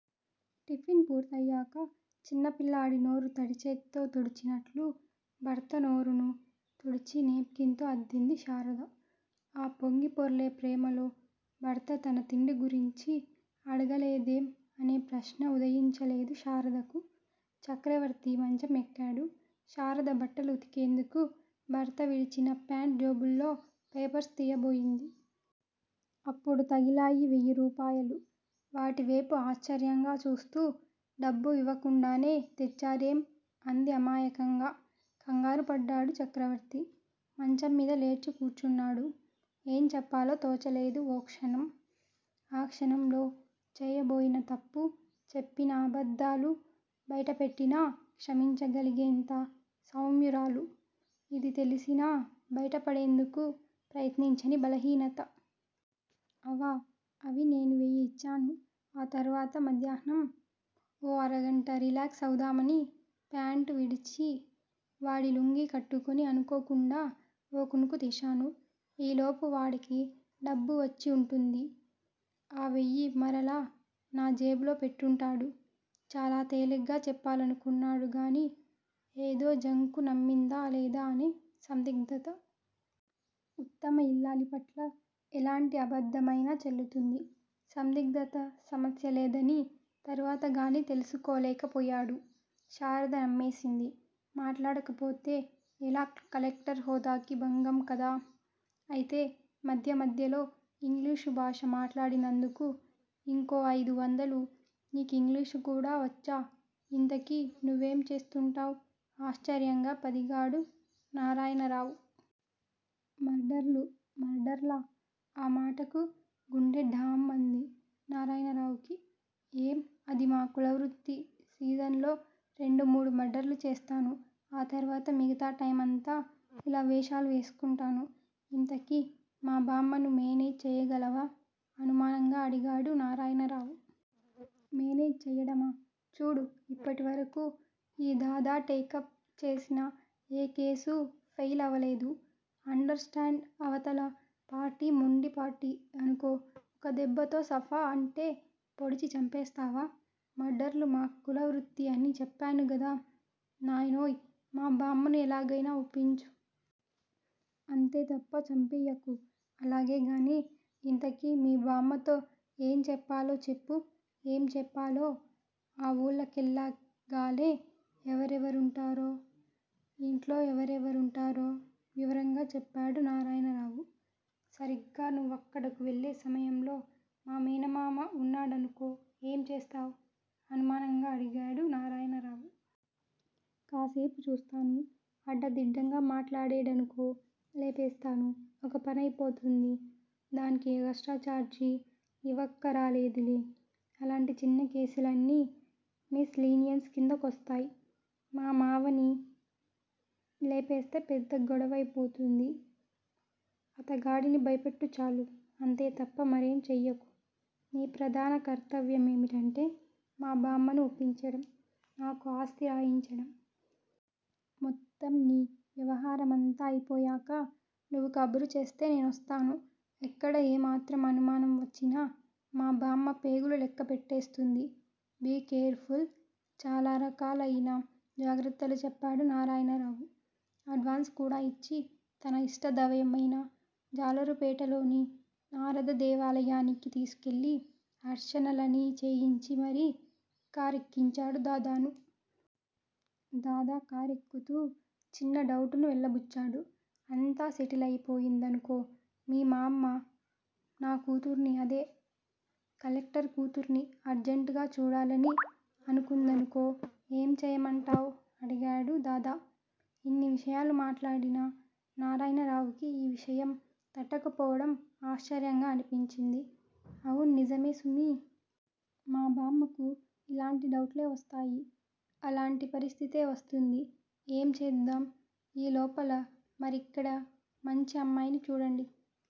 Tiffin పూర్తయ్యాక చిన్నపిల్లాడి నోరు తడిచేత్తో తుడిచినట్లు భర్త నోరును తుడిచి నేప్ కిన్ తో అద్దింది శారద. ఆ పొంగిపొర్లే ప్రేమలో భర్త తన తిండి గురించి అడగలేదేం అనే ప్రశ్న ఉదయించలేదు శారదకు. చక్రవర్తి మంచం ఎక్కాడు. శారద బట్టలు ఉతికేందుకు భర్త విడిచిన ఫ్యాంట్ జేబుల్లో పేపర్స్ తీయబోయింది. అప్పుడు తగిలాయి వెయ్యిరూపాయలు! వాటివేపు ఆశ్చర్యంగా చూస్తూ డబ్బు ఇవ్వకుండానే తెచ్చారేం? అంది అమాయకంగా. కంగారుపడ్డాడు చక్రవర్తి. మంచంమీద లేచి కూర్చున్నాడు. ఏం చెప్పాలో తోచలేదు ఓ క్షణం. ఆ క్షణంలో చేయబోయిన తప్పు, చెప్పిన అబద్ధాలు బయటపెట్టినా క్షమించగలిగేంత సౌమ్యురాలు. ఇది తెలిసినా బయటపడేందుకు ప్రయత్నించని బలహీనత. అవా అవి నేను వెయ్యి ఇచ్చాను. ఆ తరువాత మధ్యాహ్నం. ఓ అరగంట రిలాక్స్ అవుదామని ఫ్యాంటు విడిచి వాడి లుంగి కట్టుకొని అనుకోకుండా ఓ కునుకుతీశాను. ఈ లోపు వాడికి డబ్బు వచ్చి ఉంటుంది. ఆ వెయ్యి మరలా నా జేబులో పెట్టుంటాడు చాలా తేలిగ్గా చెప్పాలనుకున్నాడుగాని ఏదో జంకు నమ్మిందా లేదా అనే సందిగ్ధత. ఉత్తమ ఇల్లాలిపట్ల ఎలాంటి అబద్ధమైనా చెల్లుతుంది. సందిగ్ధత సమస్యలేదని తరువాతగాని తెలుసుకోలేకపోయాడు. శారద నమ్మేసింది. మాట్లాడకపోతే ఎలా కలెక్టర్ హోదాకి భంగం కదా? అయితే మధ్య మధ్యలో ఇంగ్లీషు భాష మాట్లాడినందుకు ఇంకో అయిదు వందలు నీకింగ్లీషు గూడా వచ్చా ఇంతకీ నువ్వేం చేస్తుంటావ్ ఆశ్చర్యంగా పదిగాడు నారాయణరావు. మర్డర్లు మర్డర్లా?! ఆ మాటకు గుండె ఢామ్మంది నారాయణరావుకి. ఏం అధి మా కుల వృత్తి సీజన్ లో రెండు మూడు మర్డర్లు చేస్తాను ఆ తర్వాత మిగతా టైమంతా ఇలా వేషాలు వేసుకుంటాను. ఇంతకీ మా బామ్మను మేనేజ్ చెయ్యగలవా అనుమానంగా అడిగాడు నారాయణరావు. మేనేజ్ చెయ్యడమా చూడు ఇప్పటివరకు ఈ దాదా టేకప్ చేసిన ఏ కేసూ ఫెయిలవలేదు అండర్ స్టాండ్ అవతల పార్టీ మొండి పార్టీ అనుకో ఒక దెబ్బతో సఫా అంటే పొడిచి చంపేస్తావా మర్డర్లు మా కులవృత్తి అని చెప్పాను గదా నాయనోయ్ మా బామ్మను ఎలాగయినా ఒప్పించు. అంతే తప్ప చంపెయ్యకు అలాగే గానీ ఇంతకీ మీ బామ్మతో ఏం చెప్పాలో చెప్పు ఏం చెప్పాలో, ఆ ఊళ్ళోకెళ్ళగానే ఎవరెవరుంటారో, ఇంట్లో ఎవరెవరుంటారో వివరంగా చెప్పాడు నారాయణరావు. సరిగ్గా నువ్వక్కడకు వెళ్ళే సమయంలో మా మేనమామ వున్నాడనుకో ఏం చేస్తావ్? అనుమానంగా అడిగాడు నారాయణరావు. కాసేపు చూస్తాను అడ్డదిడ్డంగా మాట్లాడేడనుకో లేపేస్తాను ఒక పనై పోతుంది దానికి ఎగస్ట్రా చార్జీ ఇవ్వక్కరాలేదులే. అలాంటి చిన్న కేసులన్నీ మిస్ లీనియన్స్ కింద కొస్తాయ్ మా మావని లేపేస్తే పెద్ద గొడవై పోతుంది. అతగాడిని భయపెట్టు చాలు. అంతే తప్ప మరేం చెయ్యకు. నీ ప్రధాన కర్తవ్యమేమిటంటే మా బామ్మను ఒప్పించడం, నాకు ఆస్తి రాయించడం. మొత్తం నీ వ్యవహారమంతా అయిపోయాక, నువ్వు కబురుచేస్తే నేనొస్తాను ఎక్కడ ఏమాత్రం అనుమానం వచ్చినా, మా బామ్మ పేగులు లెక్క పెట్టేస్తుంది బీ కేర్ ఫుల్ చాలా రకాలయిన జాగ్రత్తలు చెప్పాడు నారాయణరావు. అడ్వాన్స్ కూడా ఇచ్చి, తన ఇష్టదైవమైన జాలరుపేటలోని నారద దేవాలయానికి తీసికెళ్ళి, అర్చనలనీ చేయించి మరీ కారెక్కించాడు దాదాను. దాదా కారేక్కుతూ చిన్న డౌటును వెళ్ళబుచ్చాడు. అంతా సెటిలయి పోయిందనుకో మీ మామ్మ నా కూతుర్ని అదే కలెక్టర్ కూతుర్ని అర్జంటుగా చూడాలని అనుకుందనుకో ఏం చేయమంటావ్ అడిగాడు దాదా. ఇన్ని విషయాలు మాట్లాడిన నారాయణరావుకి ఈ విషయం తట్టకపోవడం ఆశ్చర్యంగా అనిపించింది. అవున్నిజమే సుమీ మా బామ్మకు ఇలాంటి డౌట్లే వస్తాయి అలాంటి పరిస్థితే వస్తుంది ఏం చేద్దాం ఈ లోపల మరిక్కడ మంచి అమ్మాయిని చూడండి